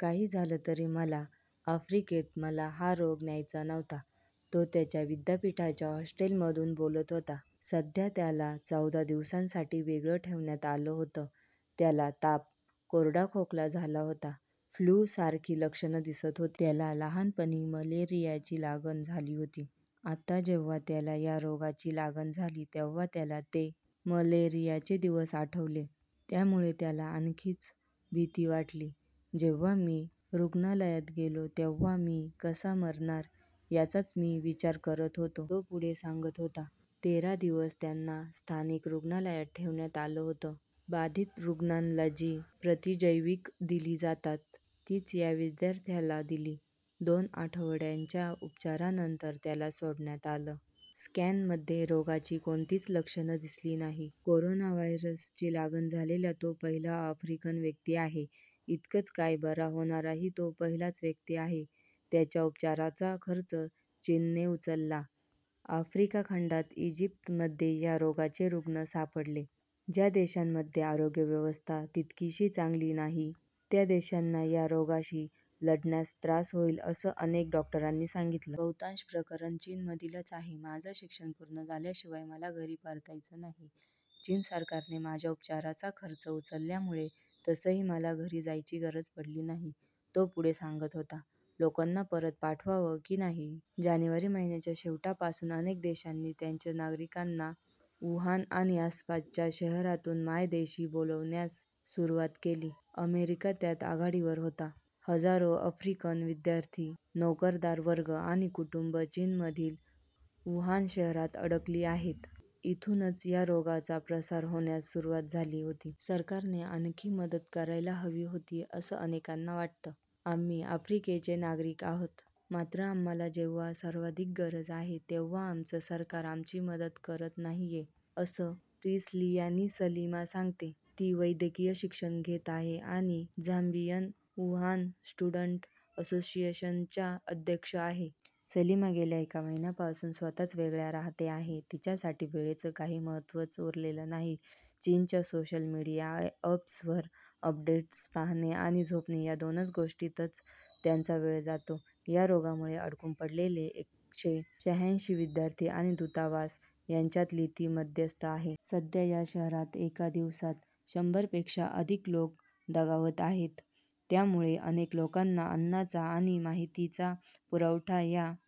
काही झालं तरी मला आफ्रिकेत मला हा रोग न्यायचा नव्हता. तो त्याच्या विद्यापीठाच्या हॉस्टेलमधून बोलत होता. सध्या त्याला चौदा दिवसांसाठी वेगळं ठेवण्यात आलं होतं. त्याला ताप, कोरडा खोकला झाला होता. फ्लू सारखी लक्षणं दिसत होती. त्याला लहानपणी मलेरियाची लागण झाली होती. आता जेव्हा त्याला या रोगाची लागण झाली तेव्हा त्याला ते मलेरियाचे दिवस आठवले. त्यामुळे त्याला आणखीच भीती वाटली. जेव्हा मी रुग्णालयात गेलो तेव्हा मी कसा मरणार याचाच मी विचार करत होतो. तो पुढे सांगत होता. तेरा दिवस त्यांना स्थानिक रुग्णालयात ठेवण्यात आलं होतं. बाधित रुग्णांना जी प्रतिजैविकं दिली जातात तीच या विद्यार्थ्याला दिली. दोन आठवड्यांच्या उपचारानंतर त्याला सोडण्यात आलं. स्कॅनमध्ये रोगाची कोणतीच लक्षणं दिसली नाही. कोरोना व्हायरसची लागण झालेला तो पहिला अफ्रिकन व्यक्ती आहे. इतकंच काय बरा होणाराही तो पहिलाच व्यक्ती आहे. त्याच्या उपचारांचा खर्च चीनने उचलला. आफ्रिका खंडात इजिप्तमध्ये या रोगाचे रुग्ण सापडले. ज्या देशांमध्ये आरोग्य व्यवस्था तितकीशी चांगली नाही त्या देशांना या रोगाशी लढण्यास त्रास होईल असं अनेक डॉक्टरांनी सांगितलं. बहुतांश प्रकरणं चीनमधीलच आहे. माझं शिक्षण पूर्ण झाल्याशिवाय मला घरी परतायचं नाही. चीन सरकारने माझ्या उपचाराचा खर्च उचलल्यामुळे तसंही मला घरी जायची गरज पडली नाही. तो पुढे सांगत होता. लोकांना परत पाठवावं की नाही? जानेवारी महिन्याच्या शेवटापासून अनेक देशांनी त्यांच्या नागरिकांना वुहान आणि आसपासच्या शहरातून मायदेशी बोलावण्यास सुरुवात केली. अमेरिका त्यात आघाडीवर होता. हजारो अफ्रिकन विद्यार्थी, नोकरदार वर्ग आणि कुटुंबं चीनमधील वुहान शहरात अडकली आहेत. इथूनच या रोगाचा प्रसार होण्यास सुरुवात झाली होती. सरकारने आणखी मदत करायला हवी होती असं अनेकांना वाटतं. आम्ही आफ्रिकेचे नागरिक आहोत. मात्र आम्हाला जेव्हा सर्वाधिक गरज आहे तेव्हा आमचं सरकार आमची मदत करत नाहीये. असं टिस्लियानी सलिमा सांगते. ती वैद्यकीय शिक्षण घेत आहे आणि झांबियन वुहाव स्टुडंट असोसिएशनच्या अध्यक्ष आहे. सलीमा गेल्या एक महिन्यापासून स्वत:च वेगळ्या राहते आहे. तिच्यासाठी वेळेचं काही महत्त्वच उरलेलं नाही. चीनच्या सोशल मीडिया अप्स वर अपडेट्स पाहणे आणि झोपणे या दोनच गोष्टीतच त्यांचा वेळ जातो. या रोगामुळे अडकून पडलेले एकशे शहाऐंशी विद्यार्थी आणि दुतावास यांच्यातली ती मध्यस्थ आहे. सध्या या शहरात एका दिवसात शंभर पेक्षा अधिक लोक दगावत आहेत. त्यामुळे अनेक लोकांना अन्नाचा आणि माहितीचा पुरवठा या